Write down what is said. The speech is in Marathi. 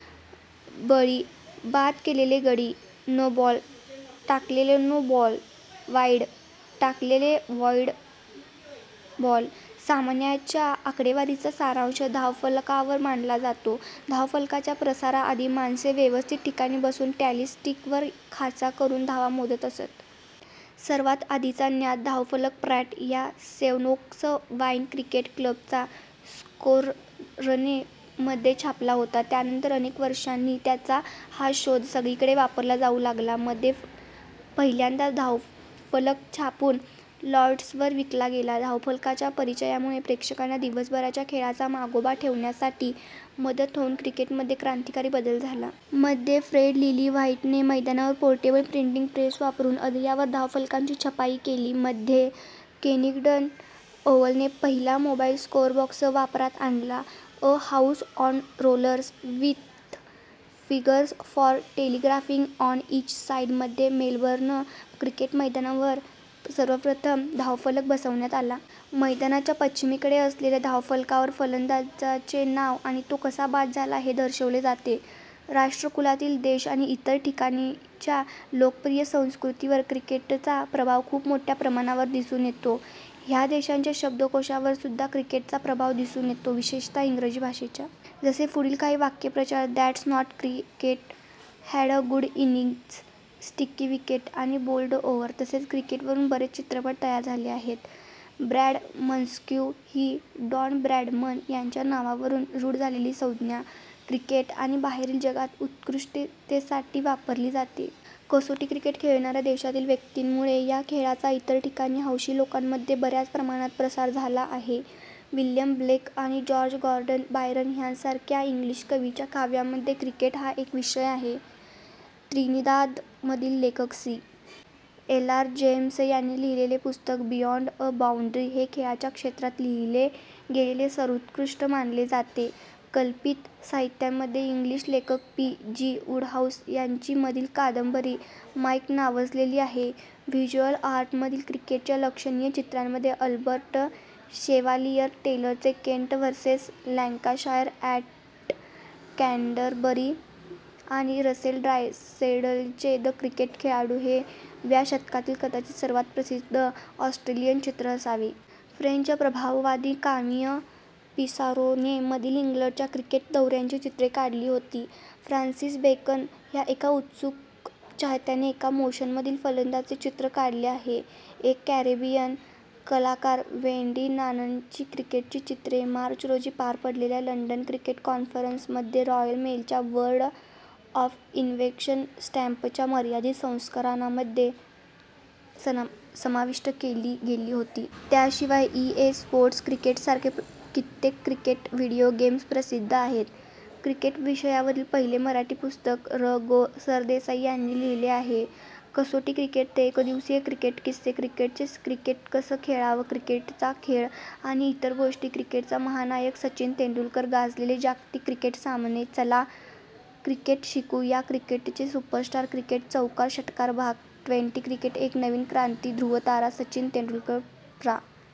बळी: बाद केलेले गडी. नो बॉल: टाकलेलेनो बॉल. वाईड: टाकलेले वाईड बॉल. सामन्याच्या आकडेवारीचा सारांश धावफलकावर मांडला जातो. धावफलकाच्या प्रसाराआधी, माणसे व्यवस्थित ठिकाणी बसून टॅली स्टीक वर खाचा करून धावा मोजत असत. सर्वात आधीचा ज्ञात धावफलक प्रॅट ह्या सेव्हनोक्स वाईन क्रिकेट क्लबचा स्कोररने मध्ये छापला होता. त्यानंतर अनेक वर्षांनी त्याचा हा शोध सगळीकडे वापरला जाऊ लागला. मध्ये पहिल्यांदाच धावफलक छापून लॉर्ड्सवर विकला गेला.। धावफलकाच्या परिचयामुळे प्रेक्षकांना दिवसभराच्या खेळाचा मागोवा ठेवण्यासाठी मदत होऊन क्रिकेटमध्ये क्रांतिकारी बदल झाला. मध्ये, फ्रेड लिली व्हाईटने मैदानावर पोर्टेबल प्रिंटिंग प्रेस वापरून अद्ययावर धावफलकांची छपाई केली. मध्ये, केनिंग्टन ओव्हलने पहिला मोबाईल स्कोअरबॉक्स वापरात आणला, "a house on rollers with figures for telegraphing on each side". मध्ये, मेलबर्न क्रिकेट मैदानावर सर्वप्रथम धावफलक बसवण्यात आला. मैदानाच्या पश्चिमेकडे असलेल्या धावफलकावर फलंदाजाचे नाव आणि तो कसा बाद झाला हे दर्शवले जाते. राष्ट्रकुलातील देश आणि इतर ठिकाणींच्या लोकप्रिय संस्कृतींवर क्रिकेटचा प्रभाव खूप मोठ्या प्रमाणावर दिसून येतो. ह्या देशांच्या शब्दकोशांवरसुद्धा क्रिकेटचा प्रभाव दिसून येतो, विशेषतः इंग्रजी भाषेच्या. जसे पुढील काही वाक्प्रचार "that's not cricket", "had a good innings", "sticky wicket", आणि "बोल्ड ओव्हर". तसेच क्रिकेटवरून बरेच चित्रपट तयार झाले आहेत. "ब्रॅडमन्स्क्यू" ही डॉन ब्रॅडमन यांच्या नावावरून रूढ झालेली संज्ञा, क्रिकेट आणि बाहेरील जगात उत्कृष्टतेसाठी वापरली जाते. कसोटी क्रिकेट खेळणाऱ्या देशांतील व्यक्तींमुळे ह्या खेळाचा इतर ठिकाणी हौशी लोकांमध्ये बऱ्याच प्रमाणात प्रसार झाला आहे. विल्यम ब्लेक आणि जॉर्ज गॉर्डन बायरन ह्यासारख्या इंग्लिश कवींच्या काव्यामध्ये क्रिकेट हा एक विषय आहे. त्रिनिदादमधील लेखक सी. एल्. आर. जेम्स यांनी लिहिलेले पुस्तक बियॉंड अ बाऊंड्री, हे खेळाच्या क्षेत्रात लिहीले गेलेले सर्वोत्कृष्ट मानले जाते. कल्पित साहित्यामध्ये इंग्लिश लेखक पी. जी. वुडहाऊस यांची मधील कादंबरी, माईक नावाजलेली आहे. व्हिज्युअल आर्टमधील, क्रिकेटच्या लक्षणीय चित्रांमध्ये अल्बर्ट शेव्हालियर टेलरचे Kent versus Lancashire at Canterbury आणि रसेल ड्रायसडेलचे द क्रिकेट खेळाडू, हे " व्या शतकातील कदाचित सर्वात प्रसिद्ध ऑस्ट्रेलियन चित्र असावे. " फ्रेंच प्रभाववादी कामीय पिसारोने मधील इंग्लंडच्या क्रिकेट दौऱ्यांची चित्रे काढली होती. फ्रान्सिस बेकन, ह्या एका उत्सुक चाहत्याने एका मोशनमधील फलंदाजाचे चित्र काढले आहे. एक कॅरेबियन कलाकार वेंडी नाननची क्रिकेटची चित्रे - मार्च रोजी पार पडलेल्या लंडन क्रिकेट कॉन्फरन्समध्ये रॉयल मेलच्या "वर्ल्ड ऑफ इन्व्हेन्शन" स्टॅम्पच्या मर्यादित संस्करणामध्ये समाविष्ट केली गेली होती. त्याशिवाय ई, ए, स्पोर्ट्स क्रिकेट सारखे कित्येक क्रिकेट व्हीडिओ गेम्स प्रसिद्ध आहेत. क्रिकेट विषयावरील पहिले मराठी पुस्तक र. गो. सरदेसाई यांनी लिहिले आहे. कसोटी क्रिकेट ते एकदिवसीय क्रिकेट किस्से क्रिकेटचे क्रिकेट कसं खेळावं क्रिकेटचा खेळ आणि इतर गोष्टी क्रिकेटचा महानायक सचिन तेंडुलकर गाजलेले जागतिक क्रिकेट सामने चला, क्रिकेट शिकू या क्रिकेटचे सुपरस्टार क्रिकेट चौकार षटकार भाग, ट्वेंटी क्रिकेट एक नवी क्रांती ध्रुवतारा सचिन तेंडूलकर प्रा.